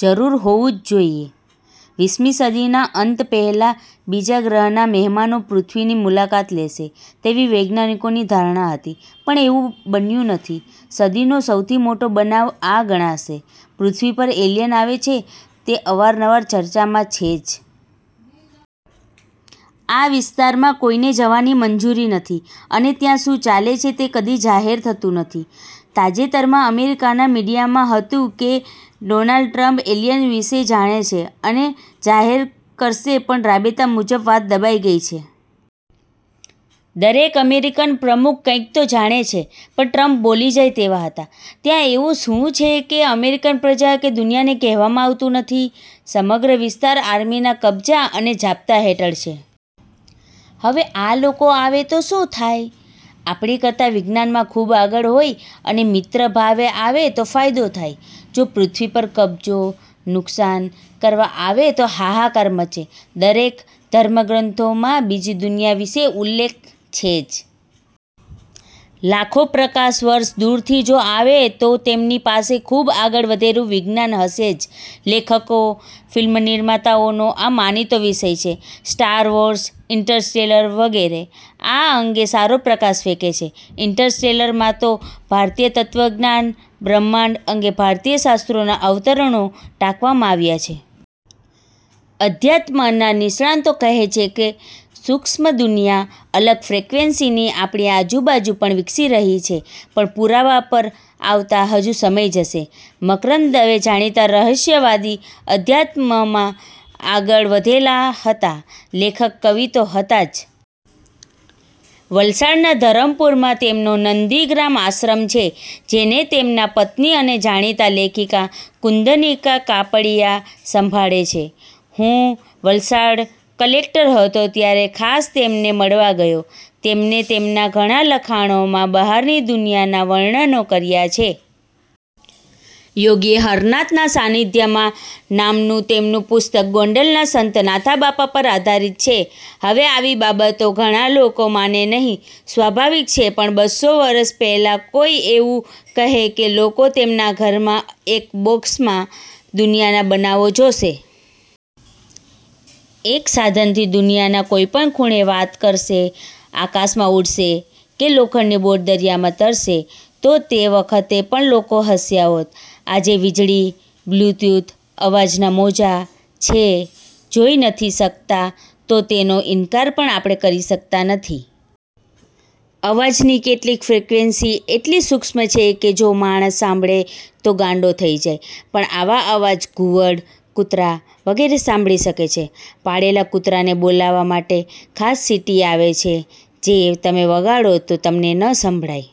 જરૂર હોવું જ જોઈએ. વીસમી સદીના અંત પહેલાં બીજા ગ્રહના મહેમાનો પૃથ્વીની મુલાકાત લેશે તેવી વૈજ્ઞાનિકોની ધારણા હતી, પણ એવું બન્યું નથી. સદીનો સૌથી મોટો બનાવ આ ગણાશે. પૃથ્વી પર એલિયન આવે છે તે અવારનવાર ચર્ચામાં છે જ. આ વિસ્તારમાં કોઈને જવાની મંજુરી નથી અને ત્યાં શું ચાલે છે તે કદી જાહેર થતું નથી. તાજેતરમાં અમેરિકાના મીડિયા માં હતું કે ડોનાલ્ડ ટ્રમ્પ એલિયન્સ વિશે જાણે છે અને જાહેર કરશે પણ રાબેતા મુજબ વાત દબાઈ ગઈ છે. દરેક અમેરિકન પ્રમુખ કંઇક તો જાણે છે પણ ટ્રમ્પ બોલી જાય તેવા હતા. ત્યાં એવું શું છે કે અમેરિકન પ્રજા કે દુનિયાને કહેવામાં આવતું નથી? સમગ્ર વિસ્તાર આર્મીના કબજા અને જાપ્તા હેઠળ છે. હવે આ લોકો આવે તો શું થાય? આપણી કરતા વિજ્ઞાનમાં ખૂબ આગળ હોય અને મિત્ર ભાવે આવે તો ફાયદો થાય. જો પૃથ્વી પર કબજો, નુકસાન કરવા આવે તો હાહાકાર મચે. દરેક ધર્મ ગ્રંથોમાં બીજી દુનિયા વિશે ઉલ્લેખ છે જ. લાખો પ્રકાશ વર્ષ દૂરથી જો આવે તો તેમની પાસે ખૂબ આગળ વધેલું વિજ્ઞાન હશે જ. લેખકો, ફિલ્મ નિર્માતાઓનો આ માનીતો વિષય છે. સ્ટાર વૉર્સ, ઇન્ટરસ્ટેલર વગેરે, આ અંગે સારો પ્રકાશ ફેંકે છે. ઇન્ટરસ્ટેલર માં તો ભારતીય તત્વજ્ઞાન, બ્રહ્માંડ અંગે ભારતીય શાસ્ત્રોના અવતરણો ટાંકવામાં આવ્યા છે. અધ્યાત્મના નિષ્ણાંતો કહે છે કે સૂક્ષ્મ દુનિયા, અલગ ફ્રેક્વેનસી ની આપણી આજુબાજુ પણ વિકસી રહી છે પણ પુરાવા પર આવતા હજુ સમય જશે. મકરંદ દવે જાણીતા રહસ્યવાદી, અધ્યાત્મ માં આગળ વધેલા હતા. લેખક, કવિ તો હતાં જ. વલસાડના ધરમપુરમાં તેમનો "નંદીગ્રામ" આશ્રમ છે જેને તેમના પત્ની અને જાણીતા લેખિકા કુન્દનિકા કાપડીઆ સંભાળે છે. હું વલસાડ કલેકટર હતો ત્યારે ખાસ તેમને મળવા ગયો. તેમને તેમના ઘણા લખાણો માં બહારની દુનિયાના વર્ણનો કર્યા છે. "યોગી હરનાથના સાનિધ્યમાં" નામનું તેમનું પુસ્તક ગોંડલના સંત નાથાબાપા પર આધારિત છે. હવે આવી બાબતો ઘણા લોકો માને નહિ. સ્વાભાવિક છે પણ બસો વર્ષ પહેલાં કોઈ એવું કહે કે લોકો તેમના ઘરમાં એક બોકસમાં દુનિયાના બનાવો જોશે. એક સાધનથી દુનિયાના કોઈ પણ ખૂણે વાત કરશે, આકાશમાં ઉડશે કે લોખંડની બોટ દરિયામાં તરશે તો તે વખતે પણ લોકો હસ્યા હોત. આજે વીજળી, બ્લ્યુટૂથ, અવાજના મોજા, છે, જોઈ નથી શકતા તો તેનો ઇનકાર પણ આપણે કરી શકતા નથી. અવાજની કેટલીક ફ્રેક્વેનસી એટલી સૂક્ષ્મ છે કે જો માણસ સાંભળે તો ગાંડો થઈ જાય, પણ આવા અવાજ ઘુવડ, કૂતરા વગેરે સાંભળી શકે છે. પાળેલા કૂતરાને બોલાવવા માટે ખાસ સીટી આવે છે જે તમે વગાડો તો તમને ન સંભળાય